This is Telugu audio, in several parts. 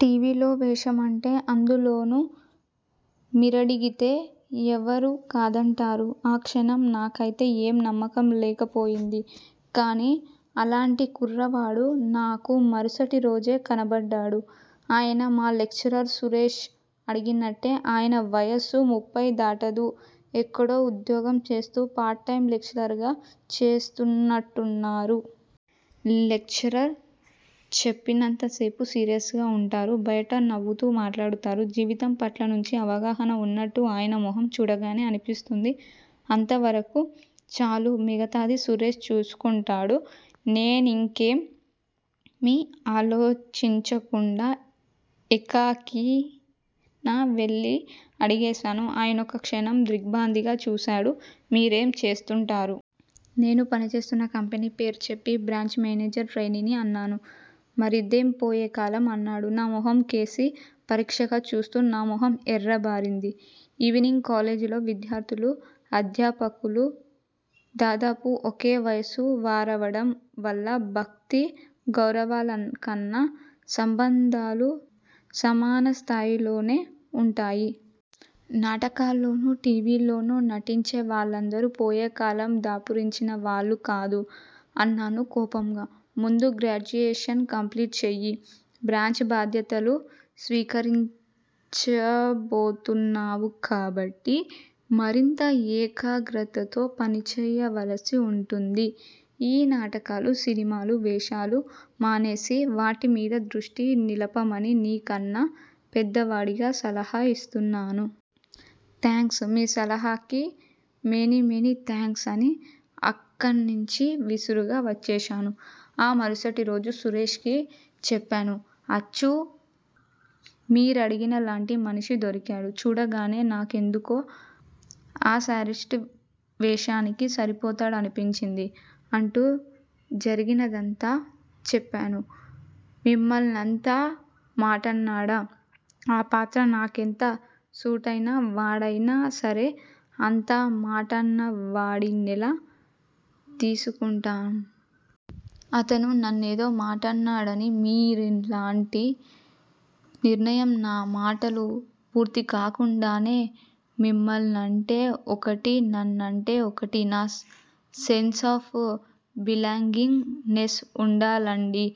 టీ. వీ. లో వేషమంటే- అందులోనూ మీరడిగితే ఎవరు కాదంటారు? ఆ క్షణం నాకైతే ఏ నమ్మకం లేకపోయింది కానీ అలాంటి కుర్రవాడు నాకు మరుసటిరోజే కనబడ్డాడు. ఆయన మా లెక్చరర్. సురేష్ అడిగినట్టే ఆయన వయస్సు ముప్పై దాటదు. ఎక్కడో ఉద్యోగం చేస్తూ పార్ట్ టైమ్ లెక్చరర్ గా చేస్తున్నట్టున్నారు. లెక్చర్ చెప్పినంతసేపూ సీరియస్ గా వుంటారు. బయట నవ్వుతూ మాట్లాడతారు. జీవితం పట్ల మంచి అవగాహన వున్నట్టు ఆయన మొహం చూడగానే అనిపిస్తూంది. అంతవరకూ చాలు. మిగతాది సురేష్ చూసుకుంటాడు. నేనింకేమీ ఆలోచించకుండా ఎకాఎకిన వెళ్ళి అడిగేశాను. ఆయనొక క్షణం దిగ్భ్రాంతిగా చూశాడు. మీరేం చేస్తుంటారు? నేను పనిచేస్తున్న కంపెనీ పేరు చెప్పి, బ్రాంచ్ మేనేజర్ ట్రైనీని అన్నాను. మరిదేం పోయేకాలం? అన్నాడు నా మొహంకేసి పరీక్షగా చూస్తూ. నా మొహం ఎర్రబారింది. ఈవెనింగ్ కాలేజీలో విద్యార్థులూ, అధ్యాపకులూ దాదాపు ఒకే వయసు వారవడం వల్ల భక్తి, గౌరవాలకన్నా సంబంధాలు సమానస్థాయిలోనే వుంటాయి. నాటకాల్లోనూ, టీవీల్లోనూ నటించే వాళ్ళందరూ పోయేకాలం దాపురించిన వాళ్ళు కాదు! అన్నాను కోపంగా. ముందు గ్రాడ్యుయేషన్ కంప్లీట్ చెయ్యి. బ్రాంచ్ బాధ్యతలు స్వీకరించబోతున్నావు కాబట్టి మరింత ఏకాగ్రతతో పనిచేయవలసి వుంటుంది. ఈ నాటకాలు, సినిమాల వేషాలు మానేసి వాటిమీద దృష్టి నిలపమని నీకన్నా పెద్దవాడిగా సలహా యిస్తున్నాను! థాంక్స్! మీ సలహాకి మెనీ మెనీ థాంక్స్! అని అక్కణ్ణించి విసురుగా వచ్చేశాను. ఆ మరుసటిరోజు సురేష్ కి చెప్పాను- అచ్చు మీరడిగినలాంటి మనిషి దొరికాడు. చూడగనే నాకెందుకో ఆ శాడిస్టువేషానికి సరిపోతాడనిపించింది! అంటూ జరిగినదంతా చెప్పాను. మిమ్మల్నంత మాటన్నాడా! ఆ పాత్ర నాకెంత సూటైన వాడైనా సరే అంత మాటన్నవాడి నెలా తీసుకుంటాం? అతను నన్నేదో మాటన్నాడని మీరిలాంటి నిర్ణయం నా మాటలు పూర్తికాకుండానే, మిమ్మల్నంటే ఒకటీ, నన్నంటే ఒకటీనా? సెన్స్ ఆఫ్ బిలాంగింగ్ నెస్ వుండాలండీ!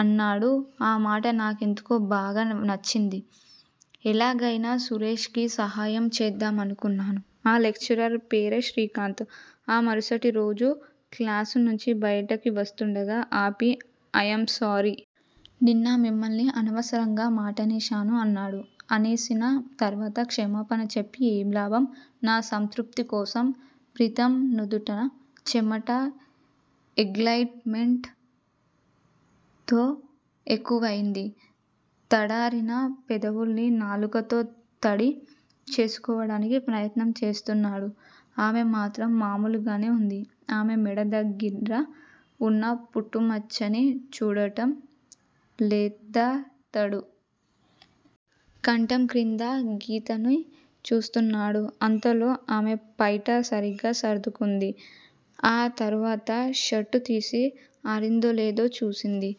అన్నాడు. ఆ మాట నాకెందుకో బాగా నచ్చింది. ఎలాగైనా సురేష్ కి సహాయం చేద్దామనుకున్నాను. ఆ లెక్చరర్ పేరే శ్రీకాంత్. ఆ మరుసటిరోజు క్లాసునుంచి బయటికి వస్తూండగా ఆపి, అయామ్ సారీ! నిన్న మిమ్మల్ని అనవసరంగా మాటనేశాను! అన్నాడు. అనేసిన తర్వాత క్షమాపణ చెప్పి ఏం లాభం? నా సంతృప్తి కోసం. ప్రీతమ్ నుదుట చెమట ఎగ్లయిట్ మెంట్ తో ఎక్కువైంది. తడారిన పెదవుల్ని నాలుకతో తడి చేసుకోవటానికి ప్రయత్నం చేస్తున్నాడు. ఆమె మాత్రం మామూలుగానే వుంది. ఆమె మెడ దగ్గిర వున్న పుట్టుమచ్చని చూడటం లేదతడు. కంఠం క్రింద గీతని చూస్తున్నాడు. అంతలో ఆమె పైట సరిగ్గా సర్దుకుంది. ఆ తరువాత షర్టుతీసి ఆరిందోలేదో చూసింది.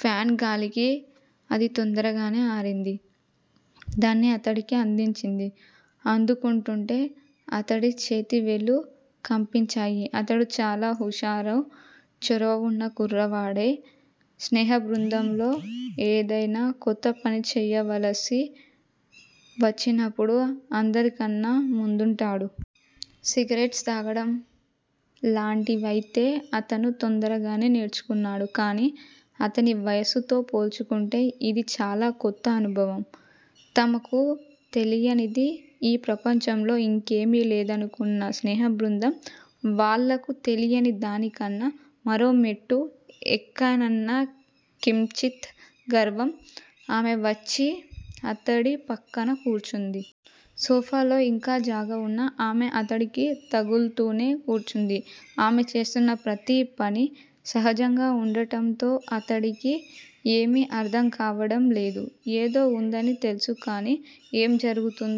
ఫాన్ గాలికి అది తొందరగానే ఆరింది. దాన్ని అతడికి అందించింది. అందుకుంటూంటే అతడి చేతివేళ్ళు కంపించాయి. అతడు చాలా హుషారు, చొరవ వున్న కుర్రవాడే. స్నేహబృందంలో ఏదైనా కొత్త పని చేయవలసి వచ్చినప్పుడు అందరికన్నా ముందుంటాడు. సిగరెట్స్ తాగటం లాటివైతే అతను తొందరగానే నేర్చుకున్నాడు. కానీ అతని వయస్సుతో పోల్చుకుంటే ఇది చాలా కొత్త అనుభవం. తమకు తెలియనిది ఈ ప్రపంచంలో ఇంకేమీ లేదనుకున్న స్నేహబృందం- వాళ్ళకు తెలియని దానికన్నా మరోమెట్టు ఎక్కానన్న కించిత్ గర్వం. ఆమె వచ్చి అతడి పక్కన కూర్చుంది. సోఫాలో ఇంకా జాగా వున్నా, ఆమె అతడికి తగుల్తూనే కూర్చుంది. ఆమె చేస్తున్న ప్రతీ పని సహజంగా వుండటంతో అతడికి ఏమీ అర్థంకావడంలేదు. ఏదో వుందని తెలుసు-కానీ ఏం జరుగుతూందో